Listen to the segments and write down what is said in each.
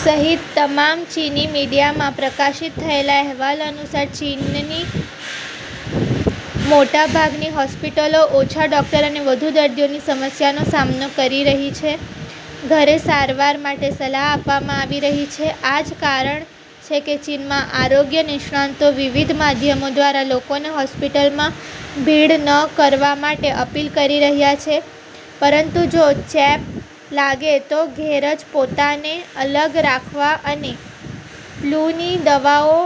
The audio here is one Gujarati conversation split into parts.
સહિત તમામ ચીની મીડિયામાં પ્રકાશિત થયેલા અહેવાલો અનુસાર, ચીનની મોટાભાગની હોસ્પિટલો ઓછા ડોકટરો અને વધુ દર્દીઓની સમસ્યાનો સામનો કરી રહી છે. ઘરે સારવાર માટે સલાહ આપવામાં આવી રહી છે: આ જ કારણ છે કે ચીનમાં આરોગ્ય નિષ્ણાતો વિવિધ માધ્યમો દ્વારા લોકોને હોસ્પિટલમાં ભીડ ન કરવા માટે અપીલ કરી રહ્યા છે, પરંતુ જો ચેપ લાગે તો ઘરે જ પોતાને અલગ રાખવા અને ફ્લૂની દવાઓ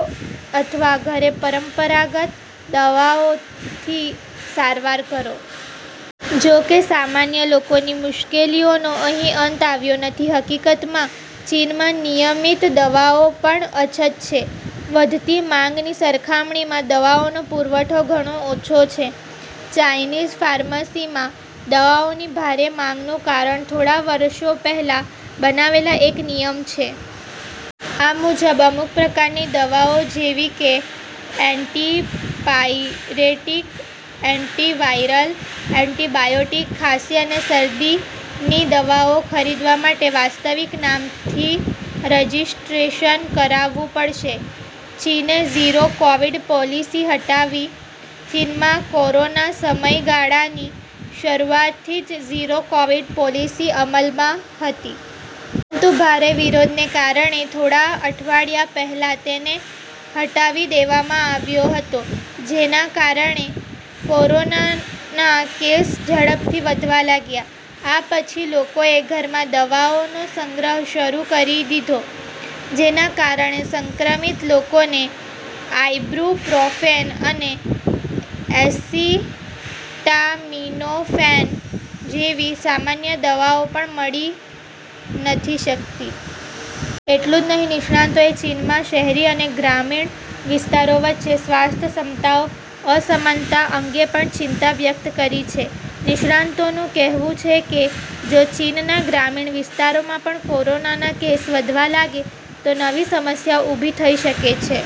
અથવા ઘરે પરંપરાગત દવાઓથી સારવાર કરો. જો કે સામાન્ય લોકોની મુશ્કેલીઓનો અહીં અંત આવતો નથી. હકીકતમાં ચીનમાં નિયમિત દવાઓની પણ અછત છે. વધતી માંગની સરખામણીમાં દવાઓનો પુરવઠો ઘણો ઓછો છે. ચાઈનીઝ ફાર્મસીમાં દવાઓની ભારે માંગનું કારણ થોડા વર્ષો પહેલા બનાવેલ એક નિયમ છે. આ મુજબ અમુક પ્રકારની દવાઓ જેવી કે એન્ટિપાયરેટિક, એન્ટિવાયરલ, એન્ટિબાયોટિક્સ, ખાંસી અને શરદીની દવાઓ ખરીદવા માટે વાસ્તવિક નામથી રજિસ્ટ્રેશન કરાવવું પડશે. ચીને ઝીરો કોવિડ પોલિસી હટાવી: ચીનમાં કોરોના સમયગાળાની શરૂઆતથી જ ઝીરો કોવિડ પોલિસી અમલમાં હતી. પરંતુ ભારે વિરોધને કારણે થોડા અઠવાડિયા પહેલા તેને હટાવી દેવામાં આવ્યો હતો. જેના કારણે કોરોનાના કેસ ઝડપથી વધવા લાગ્યા. આ પછી લોકોએ ઘરમાં દવાઓનો સંગ્રહ શરૂ કરી દીધો, જેના કારણે સંક્રમિત લોકોને આઇબુપ્રોફેન અને એસિટામિનોફેન જેવી સામાન્ય દવાઓ પણ નથી મળી શકતી. એટલું જ નહીં, નિષ્ણાતોએ ચીનમાં શહેરી અને ગ્રામીણ વિસ્તારો વચ્ચે સ્વાસ્થ્ય ક્ષમતાઓમાં અસમાનતા અંગે પણ ચિંતા વ્યક્ત કરી છે. નિષ્ણાતોનું કહેવું છે કે જો ચીનના ગ્રામીણ વિસ્તારોમાં પણ કોરોનાના કેસ વધવા લાગે તો નવી સમસ્યા ઊભી થઈ શકે છે.,..